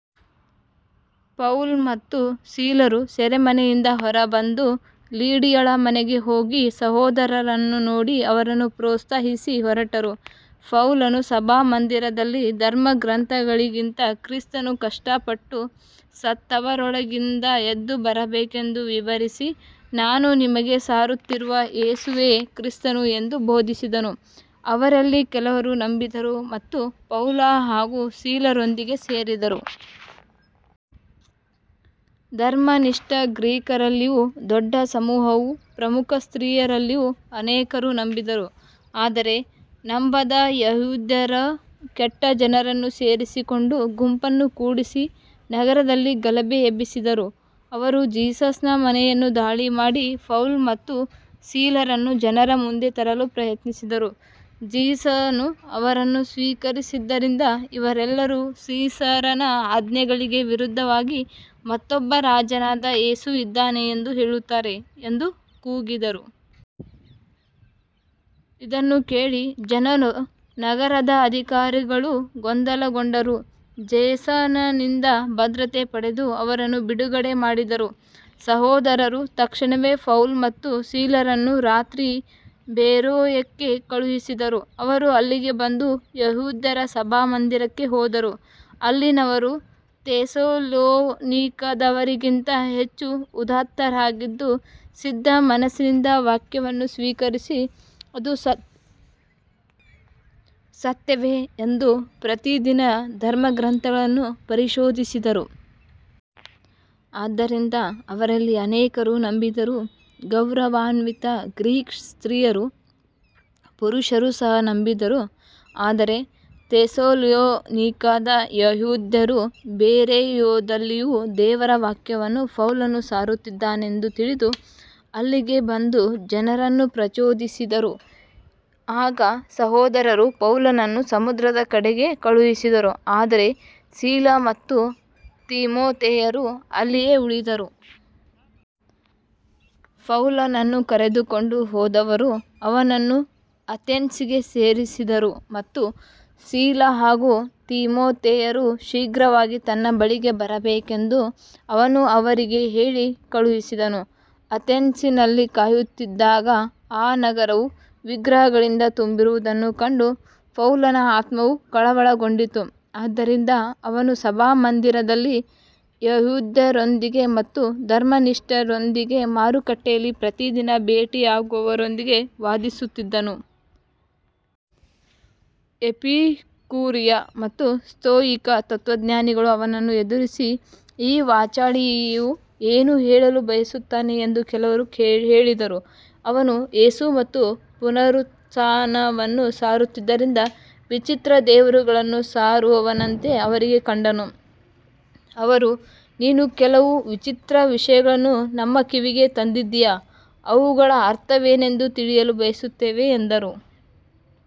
ಪೌಲ ಮತ್ತು ಸೀಲರು ಸೆರೆಮನೆಯಿಂದ ಹೊರಬಂದು ಲಿಡಿಯಳ ಮನೆಗೆ ಹೋಗಿ ಸಹೋದರರನ್ನು ನೋಡಿ ಅವರನ್ನು ಪ್ರೋತ್ಸಾಹಿಸಿ ಹೊರಟರು. ಪೌಲನು ಸಭಾಮಂದಿರದಲ್ಲಿ ಧರ್ಮಗ್ರಂಥಗಳಿಂದ ಕ್ರಿಸ್ತನು ಕಷ್ಟಪಟ್ಟು ಸತ್ತವರೊಳಗಿಂದ ಎದ್ದುಬರಬೇಕೆಂದು ವಿವರಿಸಿ, ನಾನು ನಿಮಗೆ ಸಾರುತ್ತಿರುವ ಯೇಸುವೇ ಕ್ರಿಸ್ತನು ಎಂದು ಬೋಧಿಸಿದನು. ಅವರಲ್ಲಿ ಕೆಲವರು ನಂಬಿದರು ಮತ್ತು ಪೌಲ ಹಾಗೂ ಸೀಲರೊಂದಿಗೆ ಸೇರಿದರು. ಧರ್ಮನಿಷ್ಠ ಗ್ರೀಕರಲ್ಲಿಯೂ ದೊಡ್ಡ ಸಮೂಹವೂ ಪ್ರಮುಖ ಸ್ತ್ರೀಯರಲ್ಲಿಯೂ ಅನೇಕರು ನಂಬಿದರು. ಆದರೆ ನಂಬದ ಯೆಹೂದ್ಯರು ಕೆಟ್ಟ ಜನರನ್ನು ಸೇರಿಸಿಕೊಂಡು ಗುಂಪನ್ನು ಕೂಡಿಸಿ ನಗರದಲ್ಲಿ ಗಲಭೆ ಎಬ್ಬಿಸಿದರು. ಅವರು ಜೇಸನನ ಮನೆಯನ್ನು ದಾಳಿ ಮಾಡಿ ಪೌಲ ಮತ್ತು ಸೀಲರನ್ನು ಜನರ ಮುಂದೆ ತರಲು ಪ್ರಯತ್ನಿಸಿದರು. ಜೇಸನು ಅವರನ್ನು ಸ್ವೀಕರಿಸಿದ್ದರಿಂದ, ಇವರೆಲ್ಲರೂ ಸೀಸರನ ಆಜ್ಞೆಗಳಿಗೆ ವಿರುದ್ಧವಾಗಿ ಮತ್ತೊಬ್ಬ ರಾಜನಾದ ಯೇಸು ಇದ್ದಾನೆ ಎಂದು ಹೇಳುತ್ತಾರೆ ಎಂದು ಕೂಗಿದರು. ಇದನ್ನು ಕೇಳಿ ಜನರೂ ನಗರದ ಅಧಿಕಾರಿಗಳೂ ಗೊಂದಲಗೊಂಡರು. ಜೇಸನನಿಂದ ಭದ್ರತೆ ಪಡೆದು ಅವರನ್ನು ಬಿಡುಗಡೆ ಮಾಡಿದರು. ಸಹೋದರರು ತಕ್ಷಣವೇ ಪೌಲ ಮತ್ತು ಸೀಲರನ್ನು ರಾತ್ರಿ ಬೆರೋಯಕ್ಕೆ ಕಳುಹಿಸಿದರು. ಅವರು ಅಲ್ಲಿಗೆ ಬಂದು ಯೆಹೂದ್ಯರ ಸಭಾಮಂದಿರಕ್ಕೆ ಹೋದರು. ಅಲ್ಲಿನವರು ಥೆಸಲೋನಿಕದವರಿಗಿಂತ ಹೆಚ್ಚು ಉದಾತ್ತರಾಗಿದ್ದು, ಸಿದ್ಧಮನಸ್ಸಿನಿಂದ ವಾಕ್ಯವನ್ನು ಸ್ವೀಕರಿಸಿ ಅದು ಸತ್ಯವೇ ಎಂದು ಪ್ರತಿದಿನ ಧರ್ಮಗ್ರಂಥಗಳನ್ನು ಪರಿಶೋಧಿಸಿದರು. ಆದ್ದರಿಂದ ಅವರಲ್ಲಿ ಅನೇಕರು ನಂಬಿದರು, ಗೌರವಾನ್ವಿತ ಗ್ರೀಕ್ ಸ್ತ್ರೀಯರೂ ಪುರುಷರೂ ಸಹ ನಂಬಿದರು. ಆದರೆ ಥೆಸಲೋನಿಕದ ಯೆಹೂದ್ಯರು ಬೆರೋಯದಲ್ಲಿಯೂ ದೇವರ ವಾಕ್ಯವನ್ನು ಪೌಲನು ಸಾರುತ್ತಿದ್ದಾನೆಂದು ತಿಳಿದು ಅಲ್ಲಿಗೆ ಬಂದು ಜನರನ್ನು ಪ್ರಚೋದಿಸಿದರು. ಆಗ ಸಹೋದರರು ಪೌಲನನ್ನು ಸಮುದ್ರದ ಕಡೆಗೆ ಕಳುಹಿಸಿದರು, ಆದರೆ ಸೀಲ ಮತ್ತು ತಿಮೊಥೆಯರು ಅಲ್ಲಿಯೇ ಉಳಿದರು. ಪೌಲನನ್ನು ಕರೆದುಕೊಂಡು ಹೋದವರು ಅವನನ್ನು ಅಥೆನ್ಸಿಗೆ ಸೇರಿಸಿದರು ಮತ್ತು ಸೀಲ ಹಾಗೂ ತಿಮೊಥೆಯರು ಶೀಘ್ರವಾಗಿ ತನ್ನ ಬಳಿಗೆ ಬರಬೇಕೆಂದು ಅವನು ಅವರಿಗೆ ಹೇಳಿ ಕಳುಹಿಸಿದನು. ಅಥೆನ್ಸಿನಲ್ಲಿ ಕಾಯುತ್ತಿದ್ದಾಗ ಆ ನಗರವು ವಿಗ್ರಹಗಳಿಂದ ತುಂಬಿರುವುದನ್ನು ಕಂಡು ಪೌಲನ ಆತ್ಮವು ಕಳವಳಗೊಂಡಿತು. ಆದ್ದರಿಂದ ಅವನು ಸಭಾಮಂದಿರದಲ್ಲಿ ಯೆಹೂದ್ಯರೊಂದಿಗೆ ಮತ್ತು ಧರ್ಮನಿಷ್ಠರೊಂದಿಗೆ, ಮಾರುಕಟ್ಟೆಯಲ್ಲಿ ಪ್ರತಿದಿನ ಭೇಟಿಯಾಗುವವರೊಂದಿಗೆ ವಾದಿಸುತ್ತಿದ್ದನು. ಎಪಿಕೂರಿಯ ಮತ್ತು ಸ್ಥೋಯಿಕ ತತ್ವಜ್ಞಾನಿಗಳು ಅವನನ್ನು ಎದುರಿಸಿ, ಈ ವಾಚಾಳಿಯು ಏನು ಹೇಳಲು ಬಯಸುತ್ತಾನೆ ಎಂದು ಕೆಲವರು ಹೇಳಿದರು. ಅವನು ಯೇಸು ಮತ್ತು ಪುನರುತ್ಥಾನವನ್ನು ಸಾರುತ್ತಿದ್ದರಿಂದ ವಿಚಿತ್ರ ದೇವರುಗಳನ್ನು ಸಾರುವವನಂತೆ ಅವರಿಗೆ ಕಂಡನು. ಅವರು, ನೀನು ಕೆಲವು ವಿಚಿತ್ರ ವಿಷಯಗಳನ್ನು ನಮ್ಮ ಕಿವಿಗೆ ತಂದಿದ್ದೀಯ, ಅವುಗಳ ಅರ್ಥವೇನೆಂದು ತಿಳಿಯಲು ಬಯಸುತ್ತೇವೆ ಎಂದರು.